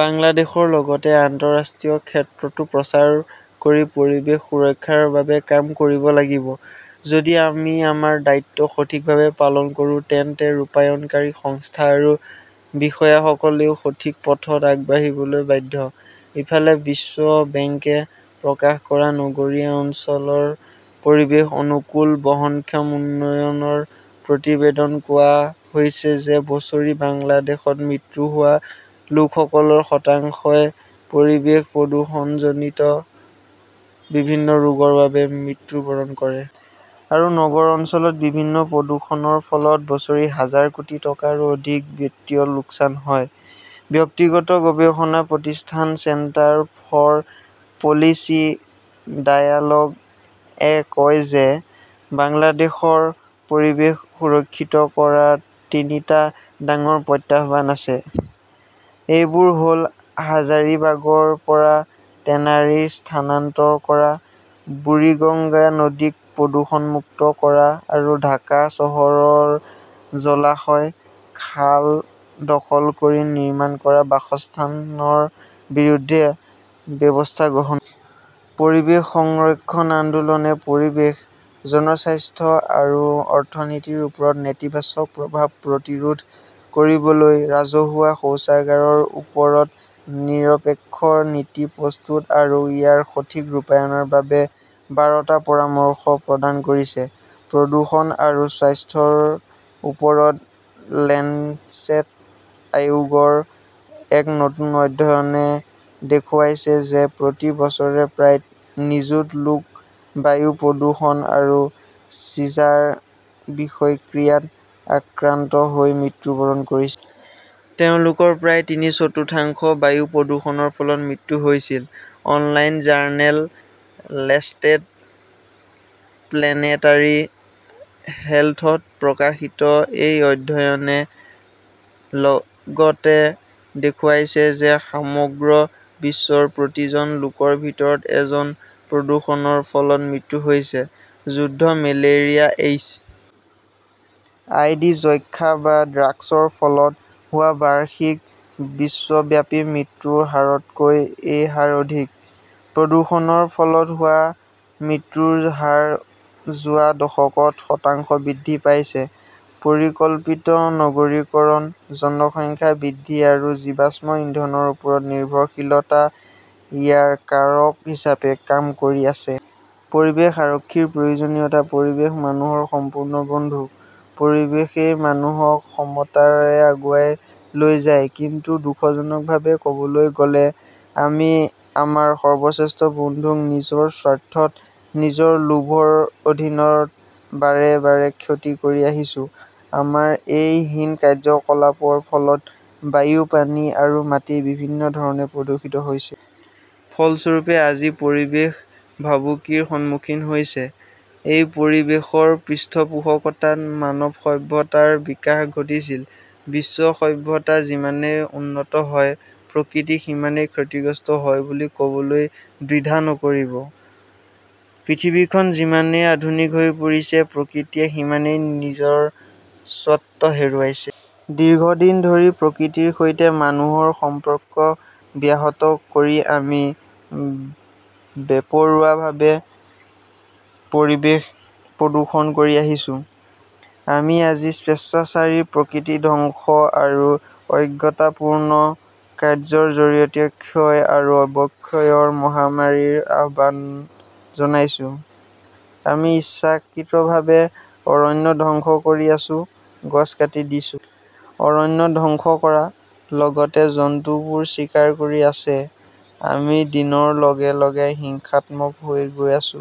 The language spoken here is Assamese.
বাংলাদেশৰ লগতে আন্তঃৰাষ্ট্ৰীয় ক্ষেত্ৰতো প্ৰচাৰ কৰি পৰিৱেশ সুৰক্ষাৰ বাবে কাম কৰিব লাগিব। যদি আমি আমাৰ দায়িত্ব সঠিকভাৱে পালন কৰোঁ তেন্তে ৰূপায়ণকাৰী সংস্থা আৰু বিষয়াসকলেও সঠিক পথত আগবাঢ়িবলৈ বাধ্য। ইফালে, বিশ্ব বেংকে প্ৰকাশ কৰা নগৰীয়া অঞ্চলৰ পৰিৱেশ অনুকূল বহনক্ষম উন্নয়নৰ প্ৰতিবেদনত কোৱা হৈছে যে বছৰি বাংলাদেশত মৃত্যু হোৱা লোকসকলৰ শতাংশই পৰিৱেশ প্ৰদূষণজনিত বিভিন্ন ৰোগৰ বাবে মৃত্যুবৰণ কৰে। আৰু নগৰ অঞ্চলত বিভিন্ন প্ৰদূষণৰ ফলত বছৰি হাজাৰ কোটি টকাৰো অধিক বিত্তীয় লোকচান হয়। ব্যক্তিগত গৱেষণা প্ৰতিষ্ঠান চেণ্টাৰ ফৰ পলিচি ডায়ালগে কয় যে, বাংলাদেশৰ পৰিৱেশ সুৰক্ষিত কৰাত তিনিটা ডাঙৰ প্ৰত্যাহ্বান আছে। এইবোৰ হ'ল হাজাৰিবাগৰ পৰা টেনাৰী স্থানান্তৰ কৰা, বুৰিগঙ্গা নদীক প্ৰদূষণমুক্ত কৰা আৰু ঢাকা চহৰৰ জলাশয়, খাল দখল কৰি নিৰ্মাণ কৰা বাসস্থানৰ বিৰুদ্ধে ব্যৱস্থা গ্ৰহণ কৰা। পৰিৱেশ সংৰক্ষণ আন্দোলনে পৰিৱেশ, জনস্বাস্থ্য আৰু অৰ্থনীতিৰ ওপৰত নেতিবাচক প্ৰভাৱ প্ৰতিৰোধ কৰিবলৈ ৰাজহুৱা শৌচাগাৰৰ ওপৰত নিৰপেক্ষ নীতি প্ৰস্তুত আৰু ইয়াৰ সঠিক ৰূপায়ণৰ বাবে বাৰটা পৰামৰ্শ প্ৰদান কৰিছে। প্ৰদূষণ আৰু স্বাস্থ্যৰ ওপৰত লেঞ্চেট আয়োগৰ এক নতুন অধ্যয়নে দেখুৱাইছে যে, প্ৰতি বছৰে প্ৰায় নিযুত লোক বায়ু প্ৰদূষণ আৰু চিজাৰ বিষক্ৰিয়াত আক্ৰান্ত হৈ মৃত্যুবৰণ কৰিছে। তেওঁলোকৰ প্ৰায় তিনি-চতুৰ্থাংশ বায়ু প্ৰদূষণৰ ফলত মৃত্যু হৈছিল। অনলাইন জাৰ্নেল লেঞ্চেট প্লেনেটাৰী হেল্থত প্ৰকাশিত এই অধ্যয়নে লগতে দেখুৱাইছে যে সমগ্ৰ বিশ্বৰ প্ৰতি জন লোকৰ ভিতৰত এজনৰ প্ৰদূষণৰ ফলত মৃত্যু হৈছে। যুদ্ধ, মেলেৰিয়া, এইচ. আই. ভি., যক্ষ্যা বা ড্ৰাগছৰ ফলত হোৱা বাৰ্ষিক বিশ্বব্যাপী মৃত্যুৰ হাৰতকৈ এই হাৰ অধিক। প্ৰদূষণৰ ফলত হোৱা মৃত্যুৰ হাৰ যোৱা দশকত শতাংশ বৃদ্ধি পাইছে। পৰিকল্পিত নগৰীকৰণ, জনসংখ্যা বৃদ্ধি আৰু জীৱাশ্ম ইন্ধনৰ ওপৰত নিৰ্ভৰশীলতা ইয়াৰ কাৰক হিচাপে কাম কৰি আছে। পৰিৱেশ আৰক্ষীৰ প্ৰয়োজনীয়তা পৰিৱেশ মানুহৰ সম্পূৰ্ণ বন্ধু। পৰিৱেশই মানুহক মমতাৰে আগুৱাই লৈ যায়। কিন্তু দুখজনকভাৱে কবলৈ গ'লে, আমি আমাৰ সৰ্বশ্ৰেষ্ঠ বন্ধুক নিজৰ স্বাৰ্থত, নিজৰ লোভৰ অধীনত বাৰে বাৰে ক্ষতি কৰি আহিছো। আমাৰ এই হীন কাৰ্যকলাপৰ ফলত বায়ু, পানী আৰু মাটি বিভিন্ন ধৰণে প্ৰদূষিত হৈছে। ফলস্বৰূপে, আজি পৰিৱেশ ভাবুকিৰ সন্মুখীন হৈছে। এই পৰিৱেশৰ পৃষ্ঠপোষকতাত মানৱ সভ্যতাৰ বিকাশ ঘটিছিল। বিশ্ব সভ্যতা যিমানেই উন্নত হয়, প্ৰকৃতি সিমানেই ক্ষতিগ্ৰস্ত হয় বুলি ক বলৈ দ্বিধা নকৰিব। পৃথিৱীখন যিমানেই আধুনিক হৈ পৰিছে, প্ৰকৃতিয়ে সিমানেই নিজৰ স্বত্ব হেৰুৱাইছে। দীৰ্ঘদিন ধৰি প্ৰকৃতিৰ সৈতে মানুহৰ সম্পৰ্ক ব্যাহত কৰি আমি বেপৰোৱাভাৱে পৰিৱেশ প্ৰদূষণ কৰি আহিছো, আমি আজি স্বেচ্ছাচাৰী প্ৰকৃতি ধ্বংস আৰু অজ্ঞতাপূৰ্ণ কাৰ্য্যৰ জৰিয়তে ক্ষয় আৰু অৱক্ষয়ৰ মহামাৰীৰ আহ্বান জনাইছো। আমি ইচ্ছাকৃতভাৱে অৰণ্য ধ্বংস কৰি আছো, গছ কাটি দিছো। অৰণ্য ধ্বংস কৰা। লগতে জন্তুবোৰো চিকাৰ কৰি আছে। আমি দিনৰ লগে লগে হিংসাত্মক হৈ গৈ আছো।